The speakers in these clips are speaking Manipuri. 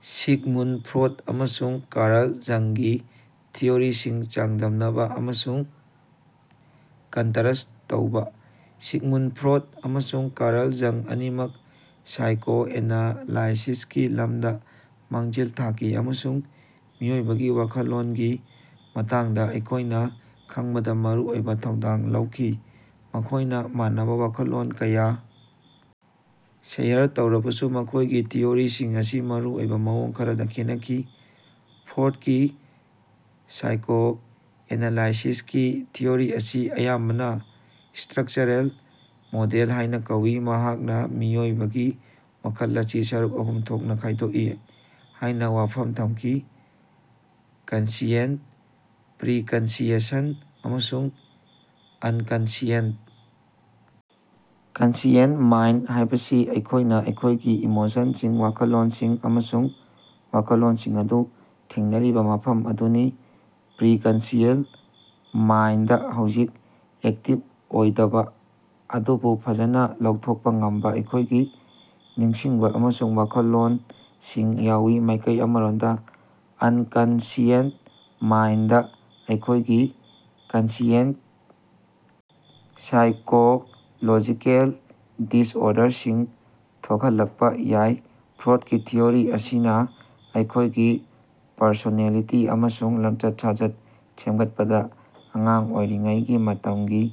ꯁꯤꯒꯃꯨꯟꯗ ꯐ꯭ꯔꯣꯗ ꯑꯃꯁꯨꯡ ꯀꯥꯔꯜ ꯖꯪꯒꯤ ꯊꯤꯑꯣꯔꯤꯁꯤꯡ ꯆꯥꯡꯗꯝꯅꯕ ꯑꯃꯁꯨꯡ ꯀꯟꯇꯔꯁ꯭ꯠ ꯇꯧꯕ꯫ ꯁꯤꯒꯃꯨꯟꯗ ꯐ꯭ꯔꯣꯗ ꯑꯃꯁꯨꯡ ꯀꯥꯔꯜ ꯖꯪ ꯑꯅꯤꯃꯛ ꯁꯥꯏꯀꯣꯑꯦꯅꯥꯂꯥꯏꯁꯤꯁꯀꯤ ꯂꯝꯗ ꯃꯥꯡꯖꯤꯜ ꯊꯥꯈꯤ ꯑꯃꯁꯨꯡ ꯃꯤꯑꯣꯏꯕꯒꯤ ꯋꯥꯈꯜꯂꯣꯟꯒꯤ ꯃꯇꯥꯡꯗ ꯑꯩꯈꯣꯏꯅ ꯈꯪꯕꯗ ꯃꯔꯨꯑꯣꯏꯕ ꯊꯧꯗꯥꯡ ꯂꯧꯈꯤ꯫ ꯃꯈꯣꯏꯅ ꯃꯥꯟꯅꯕ ꯋꯥꯈꯜꯂꯣꯟ ꯀꯌꯥ ꯁꯦꯌꯔ ꯇꯧꯔꯕꯁꯨ ꯃꯈꯣꯏꯒꯤ ꯊꯤꯑꯣꯔꯤꯁꯤꯡ ꯑꯁꯤ ꯃꯔꯨꯑꯣꯏꯕ ꯃꯑꯣꯡ ꯈꯔꯗ ꯈꯦꯠꯅꯈꯤ꯫ ꯐ꯭ꯔꯣꯗꯀꯤ ꯁꯥꯏꯀꯣꯑꯦꯅꯥꯂꯥꯏꯁꯤꯁꯀꯤ ꯊꯤꯑꯣꯔꯤ ꯑꯁꯤ ꯑꯌꯥꯝꯕꯅ ꯁ꯭ꯇꯔꯛꯆꯔꯦꯜ ꯃꯣꯗꯦꯜ ꯍꯥꯏꯅ ꯀꯧꯏ꯫ ꯃꯍꯥꯛꯅ ꯃꯤꯑꯣꯏꯕꯒꯤ ꯋꯥꯈꯜ ꯑꯁꯤ ꯁꯔꯨꯛ ꯑꯍꯨꯝ ꯊꯣꯛꯅ ꯈꯥꯏꯗꯣꯛꯏ ꯍꯥꯏꯅ ꯋꯥꯐꯝ ꯊꯝꯈꯤ -ꯀꯟꯁꯤꯌꯦꯟꯇ, ꯄ꯭ꯔꯤꯀꯟꯁꯤꯌꯦꯁꯟ ꯑꯃꯁꯨꯡ ꯑꯟꯀꯟꯁꯤꯌꯦꯟꯇ꯫ ꯀꯟꯁꯤꯌꯦꯟꯇ ꯃꯥꯏꯟꯗ ꯍꯥꯏꯕꯁꯤ ꯑꯩꯈꯣꯏꯅ ꯑꯩꯈꯣꯏꯒꯤ ꯏꯃꯣꯁꯟꯁꯤꯡ, ꯋꯥꯈꯜꯂꯣꯟꯁꯤꯡ ꯑꯃꯁꯨꯡ ꯋꯥꯈꯜꯂꯣꯟꯁꯤꯡ ꯑꯗꯨ ꯊꯦꯡꯅꯔꯤꯕ ꯃꯐꯝ ꯑꯗꯨꯅꯤ꯫ ꯄ꯭ꯔꯤꯀꯟꯁꯤꯌꯦꯜ ꯃꯥꯏꯟꯗꯗ ꯍꯧꯖꯤꯛ ꯑꯦꯛꯇꯤꯕ ꯑꯣꯏꯗꯕ ꯑꯗꯨꯕꯨ ꯐꯖꯅ ꯂꯧꯊꯣꯛꯄ ꯉꯝꯕ ꯑꯩꯈꯣꯏꯒꯤ ꯅꯤꯡꯁꯤꯡꯕ ꯑꯃꯁꯨꯡ ꯋꯥꯈꯜꯂꯣꯟꯁꯤꯡ ꯌꯥꯎꯏ꯫ ꯃꯥꯏꯀꯩ ꯑꯃꯔꯣꯝꯗ, ꯑꯟꯀꯟꯁꯤꯌꯦꯟꯇ ꯃꯥꯏꯟꯗꯗ ꯑꯩꯈꯣꯏꯒꯤ ꯀꯟꯁꯤꯌꯦꯟꯇ ꯁꯥꯏꯀꯣꯂꯣꯖꯤꯀꯦꯜ ꯗꯤꯁꯑꯣꯔꯗꯔꯁꯤꯡ ꯊꯣꯛꯍꯜꯂꯛꯄ ꯌꯥꯏ꯫ ꯐ꯭ꯔꯣꯗꯀꯤ ꯊꯤꯑꯣꯔꯤ ꯑꯁꯤꯅ ꯑꯩꯈꯣꯏꯒꯤ ꯄꯔꯁꯣꯅꯦꯂꯤꯇꯤ ꯑꯃꯁꯨꯡ ꯂꯝꯆꯠ-ꯁꯥꯖꯠ ꯁꯦꯝꯒꯠꯄꯗ ꯑꯉꯥꯡ ꯑꯣꯏꯔꯤꯉꯩꯒꯤ ꯃꯇꯝꯒꯤ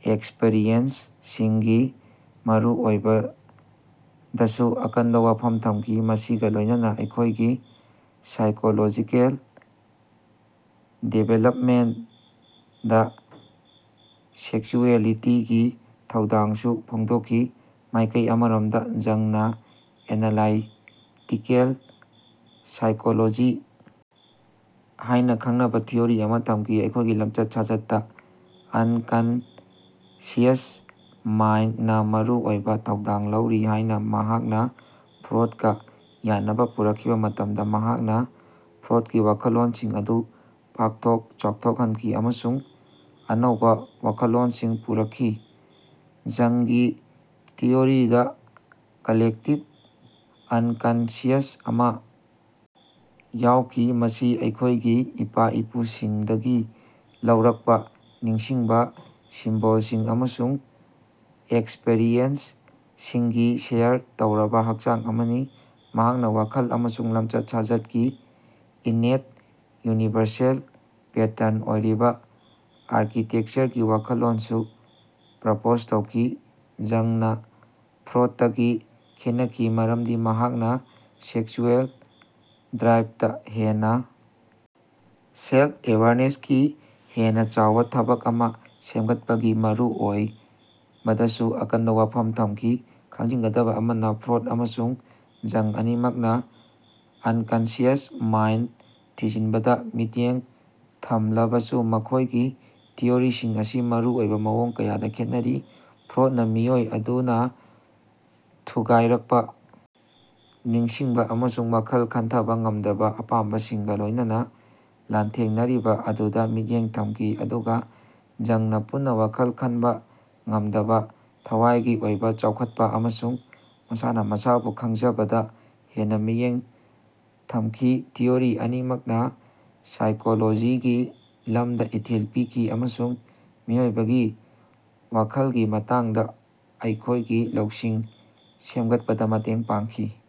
ꯑꯦꯛꯁꯄ꯭ꯔꯤꯌꯦꯟꯁꯁꯤꯡꯒꯤ ꯃꯔꯨꯑꯣꯏꯕꯗꯁꯨ ꯑꯀꯟꯕ ꯋꯥꯐꯝ ꯊꯝꯈꯤ, ꯃꯁꯤꯒ ꯂꯣꯏꯅꯅ ꯑꯩꯈꯣꯏꯒꯤ ꯁꯥꯏꯀꯣꯂꯣꯖꯤꯀꯦꯜ ꯗꯤꯚꯦꯂꯞꯃꯦꯟꯇꯗ ꯁꯦꯛꯁꯨꯑꯦꯂꯤꯇꯤꯒꯤ ꯊꯧꯗꯥꯡꯁꯨ ꯐꯣꯡꯗꯣꯛꯈꯤ꯫ ꯃꯥꯏꯀꯩ ꯑꯃꯔꯣꯝꯗ ꯖꯪꯅ ꯑꯦꯅꯥꯂꯥꯏꯇꯤꯀꯦꯜ ꯁꯥꯏꯀꯣꯂꯣꯖꯤ ꯍꯥꯏꯅ ꯈꯪꯅꯕ ꯊꯤꯑꯣꯔꯤ ꯑꯃ ꯊꯝꯈꯤ꯫ ꯑꯩꯈꯣꯏꯒꯤ ꯂꯝꯆꯠ-ꯁꯥꯖꯠꯇ ꯑꯟꯀꯟꯁꯤꯌꯁ ꯃꯥꯏꯟꯗꯅ ꯃꯔꯨꯑꯣꯏꯕ ꯊꯧꯗꯥꯡ ꯂꯧꯔꯤ ꯍꯥꯏꯅ ꯃꯍꯥꯛꯅ ꯐ꯭ꯔꯣꯗꯀꯥ ꯌꯥꯅꯕ ꯄꯨꯔꯛꯈꯤꯕ ꯃꯇꯝꯗ ꯃꯍꯥꯛꯅ ꯐ꯭ꯔꯣꯗꯀꯤ ꯋꯥꯈꯜꯂꯣꯟꯁꯤꯡ ꯑꯗꯨ ꯄꯥꯛꯊꯣꯛ ꯆꯥꯎꯊꯣꯛꯍꯟꯈꯤ ꯑꯃꯁꯨꯡ ꯑꯅꯧꯕ ꯋꯥꯈꯜꯂꯣꯟꯁꯤꯡ ꯄꯨꯔꯛꯈꯤ꯫ ꯖꯪꯒꯤ ꯊꯤꯑꯣꯔꯤꯗ ꯀꯥꯂꯦꯛꯇꯤꯕ ꯑꯟꯀꯟꯁꯤꯌꯁ ꯑꯃ ꯌꯥꯎꯈꯤ, ꯃꯁꯤ ꯑꯩꯈꯣꯏꯒꯤ ꯏꯄꯥ-ꯏꯄꯨꯁꯤꯡꯗꯒꯤ ꯂꯧꯔꯛꯄ ꯅꯤꯡꯁꯤꯡꯕ, ꯁꯤꯝꯕꯣꯜꯁꯤꯡ ꯑꯃꯁꯨꯡ ꯑꯦꯛꯁꯄ꯭ꯔꯤꯌꯦꯟꯁꯁꯤꯡꯒꯤ ꯁꯦꯌꯔ ꯇꯧꯔꯕ ꯍꯛꯆꯥꯡ ꯑꯃꯅꯤ꯫ ꯃꯍꯥꯛꯅ ꯋꯥꯈꯜ ꯑꯃꯁꯨꯡ ꯂꯝꯆꯠ-ꯁꯥꯖꯠꯀꯤ ꯏꯟꯅꯦꯠ, ꯌꯨꯅꯤꯚꯔꯁꯦꯜ ꯄꯦꯇꯔꯟ ꯑꯣꯏꯔꯤꯕ ꯑꯥꯔꯀꯤꯇꯦꯛꯆꯔꯒꯤ ꯋꯥꯈꯜꯂꯣꯟꯁꯨ ꯄ꯭ꯔꯄꯣꯖ ꯇꯧꯈꯤ꯫ ꯖꯪꯅ ꯐ꯭ꯔꯣꯗꯇꯒꯤ ꯈꯦꯠꯅꯈꯤ ꯃꯔꯝꯗꯤ ꯃꯍꯥꯛꯅ ꯁꯦꯛꯁꯨꯑꯦꯜ ꯗ꯭ꯔꯥꯏꯕꯇꯥ ꯍꯦꯟꯅ ꯁꯦꯜꯐ-ꯑꯦꯋꯥꯔꯅꯦꯁꯀꯤ ꯍꯦꯟꯅ ꯆꯥꯎꯕꯥ ꯊꯥꯕꯛ ꯑꯃ ꯁꯦꯝꯒꯠꯄꯒꯤ ꯃꯔꯨꯑꯣꯏꯕꯗꯁꯨ ꯑꯀꯟꯕ ꯋꯥꯐꯝ ꯊꯝꯈꯤ꯫ ꯈꯪꯖꯤꯟꯒꯗꯕ ꯑꯃꯅ, ꯐ꯭ꯔꯣꯗ ꯑꯃꯁꯨꯡ ꯖꯪ ꯑꯅꯤꯃꯛꯅ ꯑꯟꯀꯟꯁꯤꯌꯁ ꯃꯥꯏꯟꯗ ꯊꯤꯖꯤꯟꯕꯗ ꯃꯤꯠꯌꯦꯡ ꯊꯝꯂꯕꯁꯨ ꯃꯈꯣꯏꯒꯤ ꯊꯤꯑꯣꯔꯤꯁꯤꯡ ꯑꯁꯤ ꯃꯔꯨ ꯑꯣꯏꯕ ꯃꯑꯣꯡ ꯀꯌꯥꯗ ꯈꯦꯠꯅꯈꯤ꯫ ꯐ꯭ꯔꯣꯗꯅ ꯃꯤꯑꯣꯏ ꯑꯗꯨꯅ ꯊꯨꯒꯥꯏꯔꯛꯄ ꯅꯤꯡꯁꯤꯡꯕ ꯑꯃꯁꯨꯡ ꯋꯥꯈꯜ ꯈꯟꯊꯥꯕ ꯉꯝꯗꯕ ꯑꯄꯥꯝꯕꯁꯤꯡꯒ ꯂꯣꯏꯅꯅ ꯂꯥꯟꯊꯦꯡꯅꯔꯤꯕ ꯑꯗꯨꯗ ꯃꯤꯠꯌꯦꯡ ꯊꯝꯈꯤ, ꯑꯗꯨꯒ ꯖꯪꯅꯥ ꯄꯨꯟꯅ ꯋꯥꯈꯜ ꯈꯟꯕ ꯉꯝꯗꯕ, ꯊꯋꯥꯏꯒꯤ ꯑꯣꯏꯕ ꯆꯥꯎꯈꯠꯄ‌ ꯑꯃꯁꯨꯡ ꯃꯁꯥꯅ‌ ꯃꯁꯥꯕꯨ ꯈꯪꯖꯕꯗ ꯍꯦꯟꯅ ꯃꯤꯠꯌꯦꯡ ꯊꯝꯈꯤ꯫ ꯊꯤꯑꯣꯔꯤ ꯑꯅꯤꯃꯛꯅ ꯁꯥꯏꯀꯣꯂꯣꯖꯤꯒꯤ ꯂꯝꯗ ꯏꯊꯤꯜ ꯄꯤꯈꯤ ꯑꯃꯁꯨꯡ ꯃꯤꯑꯣꯏꯕꯒꯤ ꯋꯥꯈꯜꯒꯤ ꯃꯇꯥꯡꯗ ꯑꯩꯈꯣꯏꯒꯤ ꯂꯧꯁꯤꯡ ꯁꯦꯝꯒꯠꯄꯗ ꯃꯇꯦꯡ ꯄꯥꯡꯈꯤ꯫